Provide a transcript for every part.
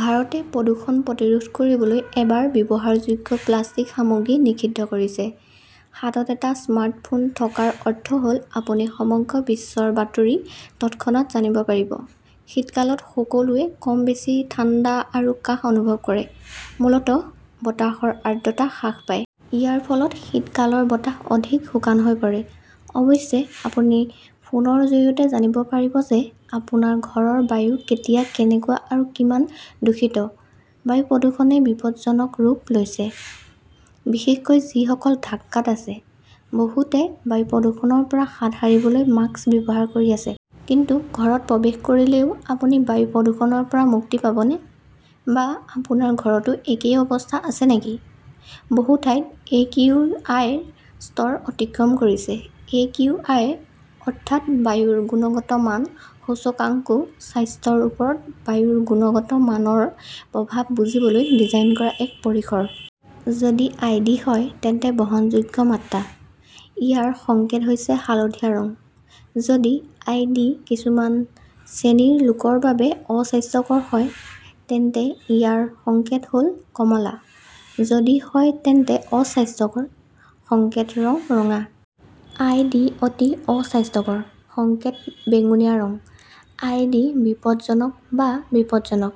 ভাৰতে প্ৰদূষণ প্ৰতিৰোধ কৰিবলৈ এবাৰ ব্যৱহাৰযোগ্য প্লাষ্টিক সামগ্ৰী নিষিদ্ধ কৰিছে হাতত এটা স্মাৰ্টফোন থকাৰ অৰ্থ হ'ল আপুনি সমগ্ৰ বিশ্বৰ বাতৰি তৎক্ষণাত জানিব পাৰিব। শীতকালত সকলোৱে কম বেছি ঠাণ্ডা আৰু কাহ অনুভৱ কৰে। মূলতঃ বতাহৰ আৰ্দ্ৰতা হ্ৰাস পায়। ইয়াৰ ফলত শীতকালৰ বতাহ অধিক শুকান হৈ পৰে। অৱশ্যে, আপুনি ফোনৰ জৰিয়তে জানিব পাৰিব যে আপোনাৰ ঘৰৰ বায়ু কেতিয়া কেনেকুৱা আৰু কিমান দূষিত। বায়ু প্ৰদূষণে বিপদজনক ৰূপ লৈছে। বিশেষকৈ যিসকল ঢাকাত আছে। বহুতে বায়ু প্ৰদূষণৰ পৰা হাত সাৰিবলৈ মাস্ক ব্যৱহাৰ কৰি আছে। কিন্তু ঘৰত প্ৰৱেশ কৰিলেও আপুনি বায়ু প্ৰদূষণৰ পৰা মুক্তি পাবনে? বা আপোনাৰ ঘৰতো একেই অৱস্থা আছে নেকি? বহু ঠাইত একিউআইৰ স্তৰ অতিক্ৰম কৰিছে। এ. কিউ. আই. অৰ্থাৎ বায়ুৰ গুণগত মান সূচকাংকো স্বাস্থ্যৰ ওপৰত বায়ুৰ গুণগত মানৰ প্ৰভাৱ বুজিবলৈ ডিজাইন কৰা এক পৰিসৰ। যদি আই. ডি. হয় তেন্তে বহনযোগ্য মাত্ৰা। ইয়াৰ সংকেত হৈছে হালধীয়া ৰং। যদি আই. ডি. কিছুমান শ্ৰেণীৰ লোকৰ বাবে অস্বাস্থ্যকৰ হয়, তেন্তে ইয়াৰ সংকেত হ 'ল কমলা। যদি হয় তেন্তে অস্বাস্থ্যকৰ, সংকেত ৰঙা ৰং। আই. ডি. অতি অস্বাস্থ্যকৰ, সংকেত বেঙুনীয়া ৰং। আই. ডি. বিপদজনক বা বিপদজনক,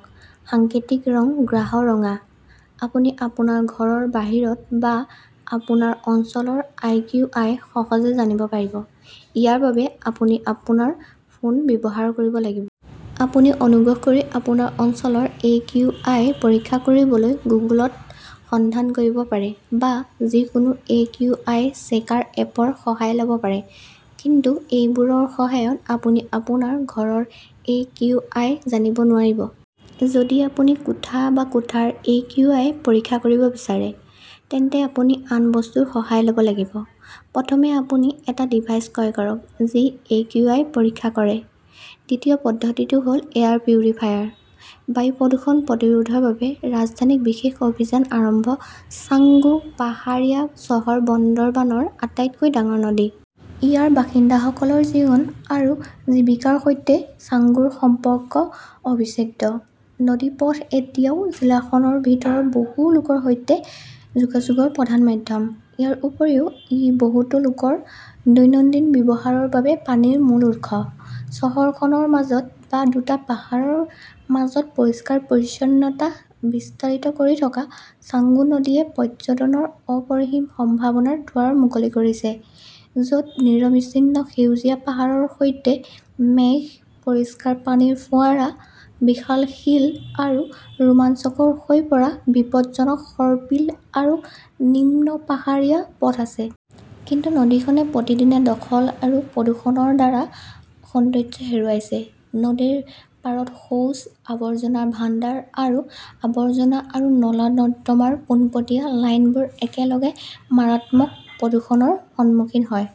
সাংকেতিক ৰং গাঢ় ৰঙা। আপুনি আপোনাৰ ঘৰৰ বাহিৰত বা আপোনাৰ অঞ্চলৰ একিউআই সহজে জানিব পাৰিব। ইয়াৰ বাবে আপুনি আপোনাৰ ফোন ব্যৱহাৰ কৰিব লাগিব। আপুনি অনুগ্ৰহ কৰি আপোনাৰ অঞ্চলৰ এ. কিউ. আই. পৰীক্ষা কৰিবলৈ গুগলত সন্ধান কৰিব পাৰে বা যিকোনো এ. কিউ. আই. চেকাৰ এপৰ সহায় ল 'ব পাৰে। কিন্তু সেইবোৰৰ সহায়ত আপুনি আপোনাৰ ঘৰৰ একিউআই জানিব নোৱাৰিব। যদি আপুনি কোঠা বা কোঠাৰ একিউআই পৰীক্ষা কৰিব বিচাৰে, তেন্তে আপুনি আন বস্তুৰ সহায় ল 'ব লাগিব। প্ৰথমে আপুনি এটা ডিভাইচ ক্ৰয় কৰক যি একিউআই পৰীক্ষা কৰে। দ্বিতীয় পদ্ধতিটো হ'ল এয়াৰ পিউৰিফায়াৰ। বায়ু প্ৰদূষণ প্ৰতিৰোধৰ বাবে ৰাজধানীত বিশেষ অভিযান আৰম্ভ ছাংগু পাহাৰীয়া চহৰ বন্দৰবানৰ আটাইতকৈ ডাঙৰ নদী। ইয়াৰ বাসিন্দাসকলৰ জীৱন আৰু জীৱিকাৰ সৈতে ছাংগুৰ সম্পৰ্ক অবিচ্ছেদ্য। নদীপথ এতিয়াও জিলাখনৰ ভিতৰত বহু লোকৰ সৈতে যোগাযোগৰ প্ৰধান মাধ্যম। ইয়াৰ উপৰিও ই বহুতো লোকৰ দৈনন্দিন ব্যৱহাৰৰ বাবে পানীৰ মুখ্য উৎস। চহৰখনৰ মাজত বা দুটা পাহাৰৰ মাজত পৰিষ্কাৰ-পৰিচ্ছন্নতা বিস্তাৰিত কৰি থকা ছাংগু নদীয়ে পৰ্যটনৰ অপৰিসীম সম্ভাৱনাৰ দুৱাৰ মুকলি কৰিছে, য 'ত নিৰবিচ্ছিন্ন সেউজীয়া পাহাৰৰ সৈতে মেঘ, পৰিষ্কাৰ পানীৰ ফোঁৱাৰা, বিশাল শিল আৰু ৰোমাঞ্চকৰ হৈ পৰা বিপদজনক সৰ্পিল আৰু নিম্ন পাহাৰীয়া পথ আছে। কিন্তু নদীখনে প্ৰতিদিনে দখল আৰু প্ৰদূষণৰ দ্বাৰা সৌন্দৰ্য হেৰুৱাইছে। নদীৰ পাৰত শৌচ, আৱৰ্জনাৰ ভাণ্ডাৰ আৰু আৱৰ্জনা আৰু নলা-নৰ্দমাৰ পোনপটীয়া লাইনবোৰ একেলগে মাৰাত্মক প্ৰদূষণৰ সন্মুখীন হয়।